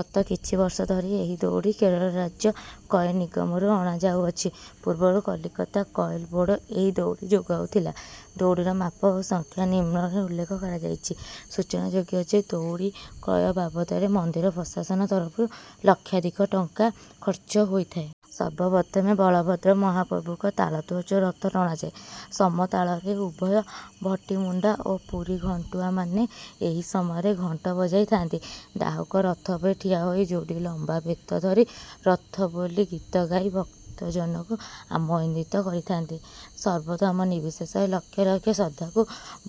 ଗତ କିଛି ବର୍ଷ ଧରି ଏହି ଦଉଡ଼ି କେରଳ ରାଜ୍ୟ କଏର ନିଗମରୁ ଆଣାଯାଉଅଛି। ପୂର୍ବରୁ କଲିକତା କଏର ବୋର୍ଡ଼ ଏହି ଦଉଡ଼ି ଯୋଗାଉଥିଲା। ଦଉଡ଼ିର ମାପ ଓ ସଂଖ୍ୟା ନିମ୍ନରେ ଉଲ୍ଲେଖ କରାଯାଇଛି। ସୂଚନାଯୋଗ୍ୟ ଯେ, ଦଉଡ଼ି କ୍ରୟ ବାବଦରେ ମନ୍ଦିର ପ୍ରଶାସନ ତରଫରୁ ଲକ୍ଷାଧିକ ଟଙ୍କା ଖର୍ଚ୍ଚ ହୋଇଥାଏ। ସର୍ବପ୍ରଥମେ ବଳଭଦ୍ର ମହାପ୍ରଭୁଙ୍କ ତାଳଧ୍ୱଜ ରଥ ଟଣାଯାଏ। ସମତାଳରେ ଉଭୟ ଭଟିମୁଣ୍ଡା ଓ ପୁରୀ ଘଣ୍ଟୁଆମାନେ ଏହି ସମୟରେ ଘଣ୍ଟ ବଜାଇଥାନ୍ତି। ଡାହୁକ ରଥ ଉପରେ ଠିଆ ହୋଇ ଯୋଡ଼ି ଲମ୍ବା ବେତ ଧରି ରଥବୋଲି ଗୀତ ଗାଇ ଭକ୍ତଜନଙ୍କୁ ଆମୋଦିତ କରିଥାନ୍ତି। ସର୍ବଧର୍ମ ନିର୍ବିଶେଷରେ ଲକ୍ଷ ଲକ୍ଷ ଶ୍ରଦ୍ଧାଳୁ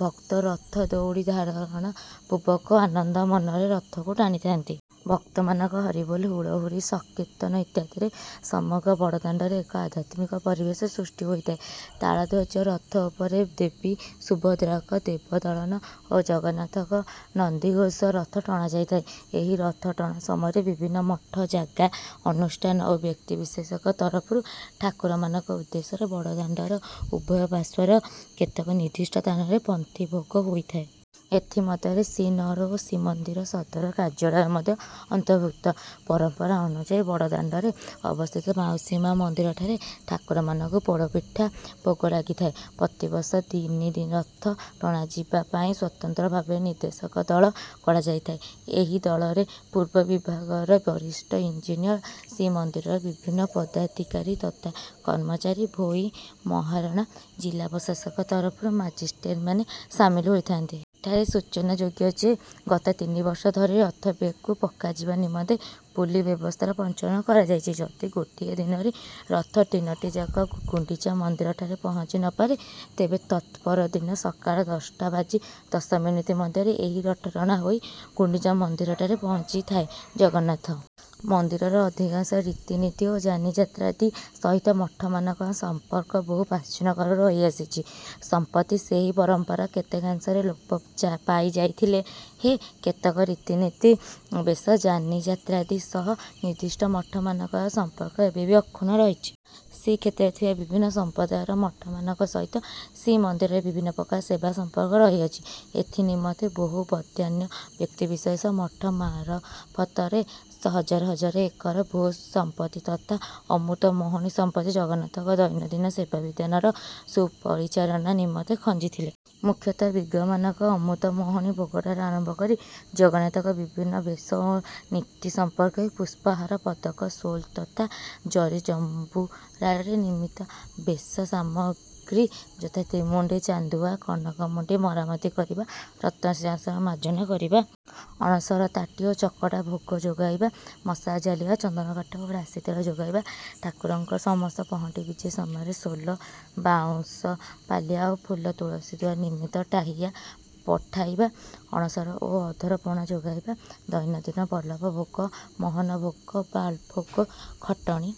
ଭକ୍ତ ରଥ ଦଉଡ଼ି ଧାରଣ ପୂର୍ବକ ଆନନ୍ଦ ମନରେ ରଥକୁ ଟାଣିଥାନ୍ତି। ଭକ୍ତମାନଙ୍କ ହରିବୋଲ, ହୁଳହୁଳି, ସଂକୀର୍ତ୍ତନ ଇତ୍ୟାଦିରେ ସମଗ୍ର ବଡ଼ଦାଣ୍ଡରେ ଏକ ଆଧ୍ୟାତ୍ମିକ ପରିବେଶ ସୃଷ୍ଟି ହୋଇଥାଏ। ତାଳଧ୍ୱଜ ରଥ ପରେ ଦେବୀ ସୁଭଦ୍ରାଙ୍କ ଦେବଦଳନ ଓ ଜଗନ୍ନାଥଙ୍କ ନନ୍ଦିଘୋଷ ରଥ ଟଣା ଯାଇଥାଏ। ଏହି ରଥ ଟଣା ସମୟରେ ବିଭିନ୍ନ ମଠ, ଜାଗା, ଅନୁଷ୍ଠାନ ଓ ବ୍ୟକ୍ତିବିଶେଷଙ୍କ ତରଫରୁ ଠାକୁରମାନଙ୍କ ଉଦ୍ଦେଶ୍ୟରେ ବଡ଼ଦାଣ୍ଡର ଉଭୟ ପାର୍ଶ୍ୱର କେତେକ ନିର୍ଦ୍ଦିଷ୍ଟ ସ୍ଥାନରେ ପନ୍ତି ଭୋଗ ହୋଇଥାଏ। ଏଥି ମଧ୍ୟରେ ଶ୍ରୀନଅର ଓ ଶ୍ରୀମନ୍ଦିର ସଦର କାର୍ଯ୍ୟାଳୟ ମଧ୍ୟ ଅନ୍ତର୍ଭୁକ୍ତ। ପରମ୍ପରା ଅନୁଯାୟୀ ବଡ଼ଦାଣ୍ଡରେ ଅବସ୍ଥିତ ମାଉସୀ ମା' ମନ୍ଦିରଠାରେ ଠାକୁରମାନଙ୍କୁ ପୋଡ଼ପିଠା ଭୋଗ ଲାଗିଥାଏ। ପ୍ରତିବର୍ଷ ତିନିଦିନ ରଥ ଟଣାଯିବା ପାଇଁ ସ୍ୱତନ୍ତ୍ର ଭାବେ ନିର୍ଦ୍ଦେଶକ ଦଳ ଗଢ଼ା ଯାଇଥାଏ। ଏହି ଦଳରେ ପୂର୍ତ୍ତ ବିଭାଗର ବରିଷ୍ଠ ଇଞ୍ଜିନିୟର, ଶ୍ରୀମନ୍ଦିରର ବିଭିନ୍ନ ପଦାଧିକାରୀ ତଥା କର୍ମଚାରୀ, ଭୋଇ, ମହାରଣା, ଜିଲ୍ଲା ପ୍ରଶାସକ ତରଫରୁ ମାଜିଷ୍ଟ୍ରେଟମାନେ ସାମିଲ ହୋଇଥାନ୍ତି। ଏଠାରେ ସୂଚନାଯୋଗ୍ୟ ଯେ, ଗତ ତିନି ବର୍ଷ ଧରି ରଥ ବ୍ରେକ୍‌କୁ ପକାଯିବା ନିମନ୍ତେ ପୁଲି ବ୍ୟବସ୍ଥାର ପ୍ରଚଳନ କରାଯାଇଛି। ଯଦି ଗୋଟିଏ ଦିନରେ ରଥ ତିନିଟି ଯାକ ଗୁଣ୍ଡିଚା ମନ୍ଦିରଠାରେ ପହଞ୍ଚି ନ ପାରେ, ତେବେ ତତ୍ ପର ଦିନ ସକାଳ ଦଶଟା ବାଜି ଦଶ ମିନିଟ୍ ମଧ୍ୟରେ ଏହି ରଥଟଣା ହୋଇ ଗୁଣ୍ଡିଚା ମନ୍ଦିରଠାରେ ପହଞ୍ଚିଥାଏ। ଜଗନ୍ନାଥ ମନ୍ଦିରର ଅଧିକାଂଶ ରୀତିନୀତି ଓ ଯାନିଯାତ୍ରାଦି ସହିତ ମଠମାନଙ୍କର ସମ୍ପର୍କ ବହୁ ପ୍ରାଚୀନ କାଳରୁ ରହି ଆସିଛି। ସମ୍ପ୍ରତି ସେହି ପରମ୍ପରା କେତେକାଂଶରେ ଲୋପ ପାଇ ଯାଇଥିଲେ ହେଁ, କେତେକ ରୀତିନୀତି, ବେଶ, ଯାନିଯାତ୍ରାଦି ସହ ନିର୍ଦ୍ଦିଷ୍ଟ ମଠମାନଙ୍କର ସମ୍ପର୍କ ଏବେ ବି ଅକ୍ଷୁଣ୍ଣ ରହିଛି। ଶ୍ରୀକ୍ଷେତ୍ରରେ ଥିବା ବିଭିନ୍ନ ସମ୍ପ୍ରଦାୟର ମଠମାନଙ୍କ ସହିତ ଶ୍ରୀମନ୍ଦିରରେ ବିଭିନ୍ନ ପ୍ରକାର ସେବା ସମ୍ପର୍କ ରହିଅଛି। ଏଥି ନିମନ୍ତେ ବହୁ ବଦାନ୍ୟ ବ୍ୟକ୍ତିବିଶେଷ ମଠ ମାରଫତରେ ହଜାର ହଜାର ଏକର ଭୂ-ସମ୍ପତ୍ତି ତଥା ଅମୃତ ମଣୋହି ସମ୍ପତ୍ତି ଜଗନ୍ନାଥଙ୍କ ଦୈନନ୍ଦିନ ସେବା ବିଧାନର ସୁପରିଚାଳନା ନିମନ୍ତେ ଖଞ୍ଜିଥିଲେ। ମୁଖ୍ୟତଃ ବିଗ୍ରହମାନଙ୍କ ଅମୃତ ମଣୋହି ଭୋଗଠାରୁ ଆରମ୍ଭ କରି ଜଗନ୍ନାଥଙ୍କ ବିଭିନ୍ନ ବେଶ ଓ ନୀତି ସମୟରେ ପୁଷ୍ପହାର, ପଦକ, ସୋଲ ତଥା ଜରି ଜମ୍ବୁରାରେ ନିର୍ମିତ ବେଶ ସାମଗ୍ରୀ ଯଥା ତ୍ରିମୁଣ୍ଡି ଚାନ୍ଦୁଆ, କନକ ମୁଣ୍ଡି ମରାମତି କରିବା, ରତ୍ନ ସିଂହାସନ ମାର୍ଜନା କରିବା, ଅଣସର ତାଟି ଓ ଚକଟା ଭୋଗ ଯୋଗାଇବା, ମଶାଲ ଜାଳିବା, ଚନ୍ଦନ କାଠ ଓ ରାଶି ତେଲ ଯୋଗାଇବା, ଠାକୁରଙ୍କ ସମସ୍ତ ପହଣ୍ଡି ବିଜେ ସମୟରେ ସୋଲ, ବାଉଁଶ ପାଲିଆ ଓ ଫୁଲ ତୁଳସୀ ଦ୍ୱାରା ନିର୍ମିତ ଟାହିୟା ପଠାଇବା, ଅଣସର ଓ ଅଧର ପଣା ଯୋଗାଇବା, ଦୈନନ୍ଦିନ ବଲ୍ଲଭ ଭୋଗ, ମହନ ଭୋଗ, ବାଲ ଭୋଗ, ଖଟଣି।